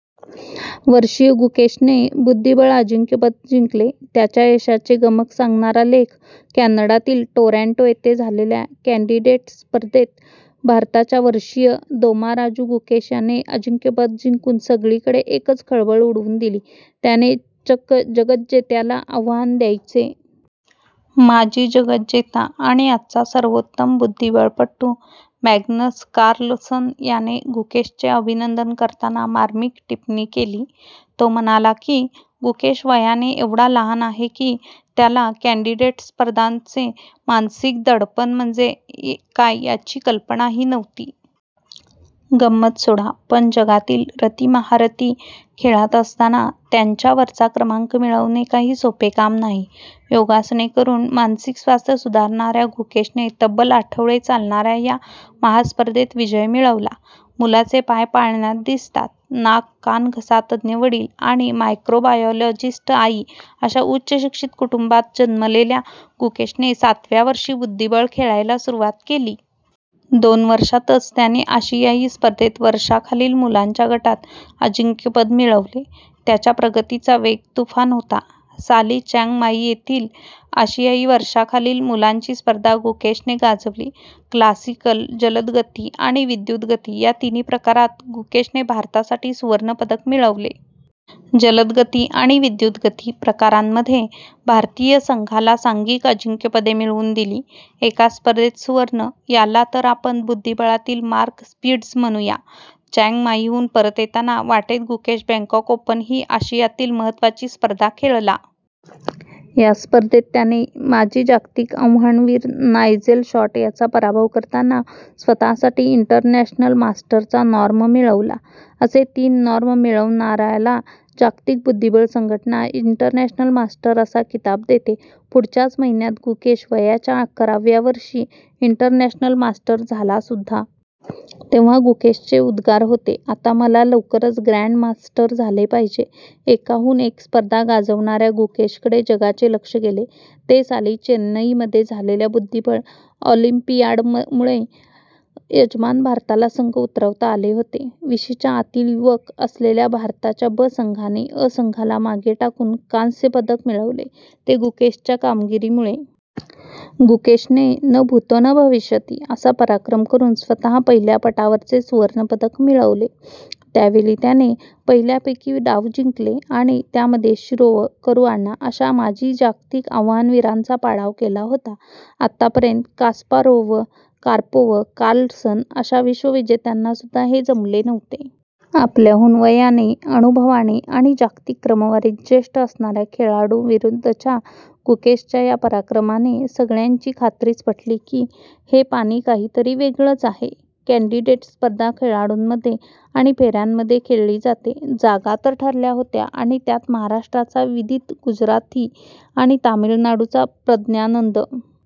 वर्षीय गुकेशने बुद्धिबळ अजिंक्यपद जिंकले. त्याच्या यशाचे गमक सांगणारा लेख- कॅनडातील टोरॅन्टो येथे झालेल्या 'कॅन्डिडेट्स' स्पर्धेत भारताच्या वर्षीय दोमाराजू गुकेश याने अजिंक्यपद जिंकून सगळीकडे एकच खळबळ उडवून दिली. त्याने चक्क जगज्जेत्याला आव्हान द्यायचे? माजी जगज्जेता आणि आजचा सर्वोत्तम बुद्धिबळपटू मॅग्नस कार्लसन याने गुकेशचे अभिनंदन करताना मार्मिक टिपणी केली. तो म्हणाला की, गुकेश वयाने एवढा लहान आहे की, त्याला 'कॅन्डिडेट्स' स्पर्धांचे मानसिक दडपण म्हणजे काय याची कल्पनाही नव्हती. गंमत सोडा, पण जगातील रथीमहारथी खेळात असताना त्यांच्या वरचा क्रमांक मिळवणे काही सोपे काम नाही. योगासने करून मानसिक स्वास्थ्य सुधारणाऱ्या गुकेशने तब्बल आठवडे चालणाऱ्या या महास्पर्धेत विजय मिळवला. मुलाचे पाय पाळण्यात दिसतात- नाक-कान-घसातज्ज्ञ वडील आणि मायक्रोबायोलॉजिस्ट आई अशा उच्चशिक्षित कुटुंबात जन्मलेल्या गुकेशने सातव्या वर्षी बुद्धिबळ खेळायला सुरुवात केली. दोन वर्षांतच त्याने आशियाई स्पर्धेत वर्षांखालील मुलांच्या गटात अजिंक्यपद मिळवले. त्याच्या प्रगतीचा वेग तुफान होता. साली चँग माई येथील आशियाई वर्षांखालील मुलांची स्पर्धा गुकेशने गाजवली. 'क्लासिकल', 'जलदगती' आणि 'विद्युत् गती' या तिन्ही प्रकारांत गुकेशने भारतासाठी सुवर्णपदक मिळवले. 'जलदगती' आणि 'विद्युत् गती' प्रकारांमध्ये भारतीय संघाला सांघिक अजिंक्यपदे मिळवून दिली. एका स्पर्धेत सुवर्ण! याला तर आपण बुद्धिबळातील मार्क स्पिट्झ म्हणू या! चँग माईहून परत येताना वाटेत गुकेश 'बँकॉक ओपन' ही आशियातील महत्त्वाची स्पर्धा खेळला. या स्पर्धेत त्याने माजी जागतिक आव्हानवीर नायजेल शॉर्ट याचा पराभव करताना स्वतःसाठी 'इंटरनॅशनल मास्टर'चा नॉर्म मिळवला. असे तीन नॉर्म मिळवणाऱ्याला जागतिक बुद्धिबळ संघटना 'इंटरनॅशनल मास्टर' असा किताब देते. पुढच्याच महिन्यात गुकेश वयाच्या अकराव्या वर्षी इंटरनॅशनल मास्टर झालासुद्धा! तेव्हा गुकेशचे उद्गार होते- आता मला लवकरच 'ग्रँडमास्टर' झाले पाहिजे. एकाहून एक स्पर्धा गाजवणाऱ्या गुकेशकडे जगाचे लक्ष गेले, ते साली चेन्नईमध्ये झालेल्या बुद्धिबळ ऑलिम्पियाडमुळे! यजमान भारताला संघ उतरवता आले होते. विशीच्या आतील युवक असलेल्या भारताच्या 'ब' संघाने 'अ' संघाला मागे टाकून कांस्यपदक मिळवले, ते गुकेशच्या कामगिरीमुळे. गुकेशने 'न भूतो न भविष्यति' असा पराक्रम करून स्वतः पहिल्या पटावरचे सुवर्णपदक मिळवले. त्या वेळी त्याने पहिल्या पैकी डाव जिंकले आणि त्यामध्ये शिरोव, करूआना अशा माजी जागतिक आव्हानवीरांचा पाडाव केला होता. आतापर्यंत कास्पारोव्ह, कार्पोव, कार्लसन अशा विश्वविजेत्यांनासुद्धा हे जमले नव्हते. आपल्याहून वयाने, अनुभवाने आणि जागतिक क्रमवारीत ज्येष्ठ असणाऱ्या खेळाडूंविरुद्धच्या गुकेशच्या या पराक्रमाने सगळ्यांची खात्रीच पटली की, हे पाणी काहीतरी वेगळेच आहे! कॅन्डिडेट स्पर्धा खेळाडूंमध्ये आणि फेऱ्यांमध्ये खेळली जाते. जागा तर ठरल्या होत्या आणि त्यात महाराष्ट्राचा विदित गुजराथी आणि तामिळनाडूचा प्रज्ञानंद